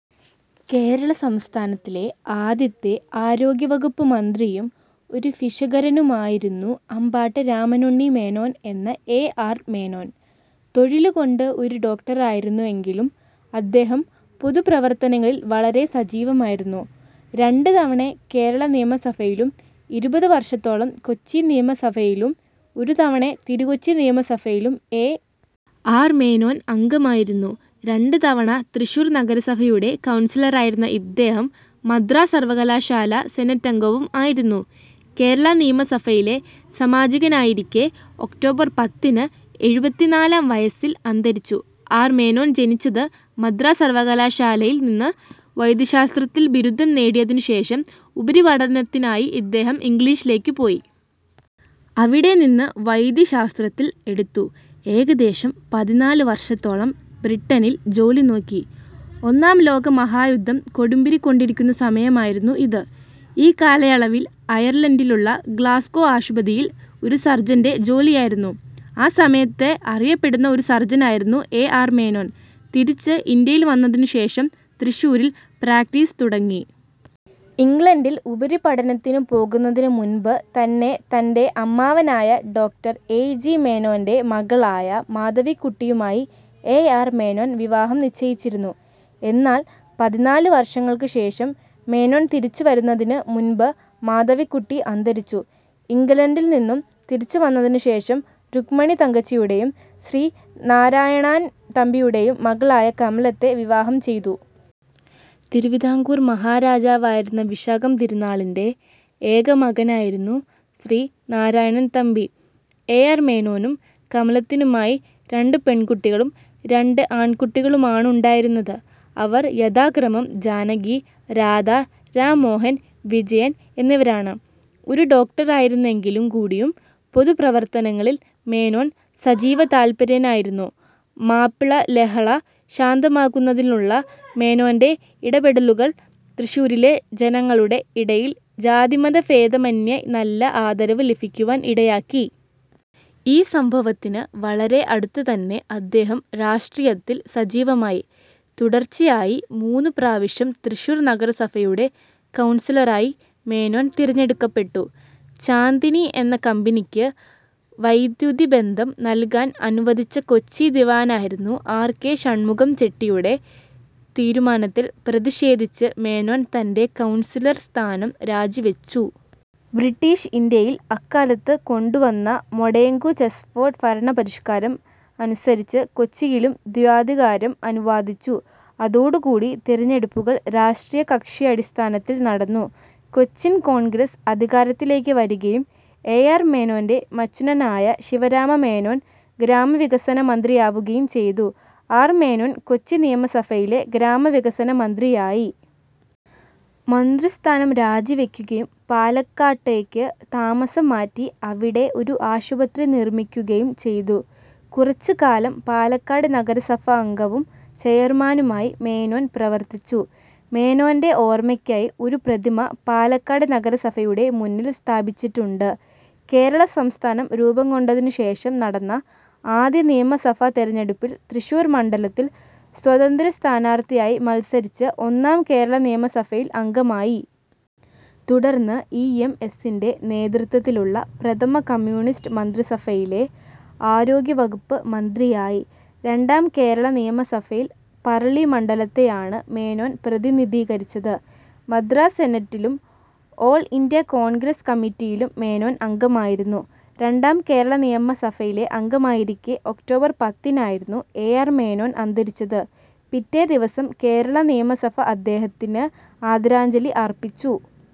കേരള സംസ്ഥാനത്തിലെ ആദ്യത്തെ ആരോഗ്യവകുപ്പ് മന്ത്രിയും ഒരു ഭിഷഗ്വരനുമായിരുന്നു അമ്പാട്ട് രാമനുണ്ണി മേനോൻ എന്ന എ. ആർ. മേനോൻ. തൊഴിലുകൊണ്ട് ഒരു ഡോക്ടറായിരുന്നെങ്കിലും അദ്ദേഹം പൊതു പ്രവർത്തനങ്ങളിൽ വളരെ സജീവമായിരുന്നു. രണ്ട് തവണ കേരള നിയമസഭയിലും ഇരുപത് വർഷത്തോളം കൊച്ചിനിയമസഭയിലും, ഒരു തവണ തിരുക്കൊച്ചി നിയമസഭയിലും എ. ആർ. മേനോൻ അംഗമായിരുന്നു. രണ്ട് തവണ തൃശൂർ നഗരസഭയുടെ കൗൺസിലറായിരുന്ന ഇദ്ദേഹം മദ്രാസ് സർവകലാശാലാ സെനറ്റംഗവും ആയിരുന്നു. കേരള നിയമസഭയിലെ സമാജികനായിരിക്കെ ഒക്ടോബർ പത്തിന് എഴുപത്തിനാലാം വയസ്സിൽ അന്തരിച്ചു. ആർ. മേനോൻ ജനിച്ചത്. മദ്രാസ് സർവകാലാശാലയിൽ നിന്നും വൈദ്യശാസ്ത്രത്തിൽ ബിരുദം നേടിയതിനു ശേഷം ഉപരിപഠനത്തിനായി ഇദ്ദേഹം ഇംഗ്ലണ്ടിലേക്ക് പോയി. അവിടെ നിന്നും വൈദ്യശാത്രത്തിൽ, എടുത്തു, ഏകദേശം പതിനാല് വർഷത്തോളം ബ്രിട്ടനിൽ ജോലിനോക്കി. ഒന്നാം ലോകമഹായുദ്ധം കൊടുമ്പിരിക്കൊണ്ടിരിക്കുന്ന സമയമായിരുന്നു ഇത്. ഈ കാലയളവിൽ അയർലന്റിലുള്ള ഗ്ലാസ്ഗോ ആശുപതിയിൽ ഒരു സർജന്റെ ജോലിയായിരുന്നു. ആ സമയത്തെ അറിയപ്പെടുന്ന ഒരു സർജനായിരുന്നു എ. ആർ. മേനോൻ. തിരിച്ച് ഇന്ത്യയിൽ വന്നതിനു ശേഷം തൃശ്ശൂരിൽ പ്രാക്ടീസ് തുടങ്ങി. ഇംഗ്ലണ്ടിൽ ഉപരിപഠനത്തിനു പോകുന്നതിനു മുൻപ് തന്നെ തന്റെ അമ്മാവനായ ഡോ. എ. ജി. മേനോന്റെ മകളായ മാധവിക്കുട്ടിയുമായി എ. ആർ. മേനോൻ വിവാഹം നിശ്ചയിച്ചിരുന്നു. എന്നാൽ പതിനാല് വർഷങ്ങൾക്ക് ശേഷം മേനോൻ തിരിച്ചു വരുന്നതിനു മുൻപ് മാധവിക്കുട്ടി അന്തരിച്ചു. ഇംഗ്ലണ്ടിൽ നിന്നും തിരിച്ചു വന്നതിനു ശേഷം രുക്മിണി തങ്കച്ചിയുടെയും ശ്രീ നാരായണാൻ തമ്പിയുടേയും മകളായ കമലത്തെ വിവാഹം ചെയ്തു. തിരുവിതാംകൂർ മഹാരാജാവായിരുന്ന വിശാഖം തിരുനാളിന്റെ ഏകമകനായിരുന്നു ശ്രീ നാരായണാൻ തമ്പി. എ. ആർ. മേനോനും കമലത്തിനുമായി രണ്ട് പെൺകുട്ടികളും രണ്ട് ആൺകുട്ടികളുമാണുണ്ടായിരുന്നത് അവർ യഥാക്രമം ജാനകി, രാധ, രാം മോഹൻ, വിജയൻ എന്നിവരാണ്. ഒരു ഡോക്ടറായിരുന്നെങ്കിൽ കൂടിയും പൊതു പ്രവർത്തനങ്ങളിൽ മേനോൻ സജീവ തല്പരനായിരുന്നു. മാപ്പിള ലഹള ശാന്തമാക്കുന്നതിലുള്ള മേനോന്റെ ഇടപെടലുകൾ തൃശൂരിലെ ജനങ്ങളുടെ ഇടയിൽ ജാതിമത ഭേദമെന്യേ നല്ല ആദരവ് ലഭിക്കുവാൻ ഇടയാക്കി. ഈ സംഭവത്തിന് വളരെ അടുത്ത് തന്നെ അദ്ദേഹം രാഷ്ട്രീയത്തിൽ സജീവമായി. തുടർച്ചയായി മൂന്നു പ്രാവശ്യം തൃശ്ശൂർ നഗരസഭയുടെ കൗൺസിലറായി മേനോൻ തിരഞ്ഞെടുക്കപ്പെട്ടു. ചാന്ദിനി എന്ന കമ്പനിക്ക് വൈദ്യുതിബന്ധം നൽകാൻ അനുവദിച്ച കൊച്ചി ദിവാനായിരുന്ന ആർ. കെ. ഷണ്മുഖം ചെട്ടിയുടെ തീരുമാനത്തിൽ പ്രതിഷേധിച്ച് മേനോൻ തന്റെ കൗൺസിലർ സ്ഥാനം രാജിവച്ചു. ബ്രിട്ടീഷ് ഇന്ത്യയിൽ അക്കാലത്ത് കൊണ്ടുവന്ന മൊണ്ടേഗു ചെംസ്ഫോർഡ് ഭരണപരിഷാകാരം അനുസരിച്ച് കൊച്ചിയിലും ദ്വയാധികാരം അനുവദിച്ചു. അതോടുകൂടി തിരഞ്ഞെടുപ്പുകൾ രാഷ്ട്രീയ കക്ഷിയടിസ്ഥാനത്തിൽ നടന്നു. കൊച്ചിൻ കോൺഗ്രസ്സ് അധികാരത്തിലേക്ക് വരികയും എ. ആർ. മേനോന്റെ മച്ചുനനായ ശിവരാമമേനോൻ ഗ്രാമവികസന മന്ത്രിയാവുകയും ചെയ്തു. ആർ. മേനോൻ കൊച്ചി നിയമസഭയിലെ ഗ്രാമവികസന മന്ത്രിയായി. മന്ത്രിസ്ഥാനം രാജിവയ്ക്കുകയും പാലക്കാട്ടേക്ക് താമസം മാറ്റി അവിടെ ഒരു ആശുപത്രി നിർമ്മിക്കുകയും ചെയ്തു. കുറച്ച് കാലം പാലക്കാട് നഗരസഭാംഗവും ചെയർമാനുമായി മേനോൻ പ്രവർത്തിച്ചു. മേനോന്റെ ഓർമ്മയ്ക്കയി ഒരു പ്രതിമ പാലക്കാട് നഗരസഭയുടെ മുന്നിൽ സ്ഥാപിച്ചിട്ടുണ്ട്. കേരള സംസ്ഥനം രൂപംകൊണ്ടതിനു ശേഷം നടന്ന ആദ്യ നിയമസഭാ തെരഞ്ഞെടുപ്പിൽ തൃശ്ശൂർ മണ്ഡലത്തിൽ സ്വതന്ത്ര സ്ഥാനാർത്ഥിയായി മത്സരിച്ച് ഒന്നാം കേരളനിയമസഭയിൽ അംഗമായി. തുടർന്ന് ഇ. എം. എസിന്റെ നേതൃത്വത്തിലുള്ള പ്രഥമ കമ്മ്യൂണിസ്റ്റ് മന്ത്രിസഭയിലെ ആരോഗ്യവകുപ്പ് മന്ത്രിയായി. രണ്ടാം കേരളാ നിയമസഭയിൽ പറളി മണ്ഡലത്തെയാണ് മേനോൻ പ്രതിനിധീകരിച്ചത്. മദ്രാസ് സെനറ്റിലും, ഓൾ ഇന്ത്യാ കോൺഗ്രസ് കമ്മിറ്റിയിലും മേനോൻ അംഗമായിരുന്നു. രണ്ടാം കേരളനിയമസഭയിലെ അംഗമായിരിക്കെ ഒക്ടോബർ പത്തിനായിരുന്നു എ. ആർ. മേനോൻ അന്തരിച്ചത്. പിറ്റേദിവസം കേരള നിയമസഭ അദ്ദേഹത്തിന് അദാരഞ്ജലി അർപ്പിച്ചു.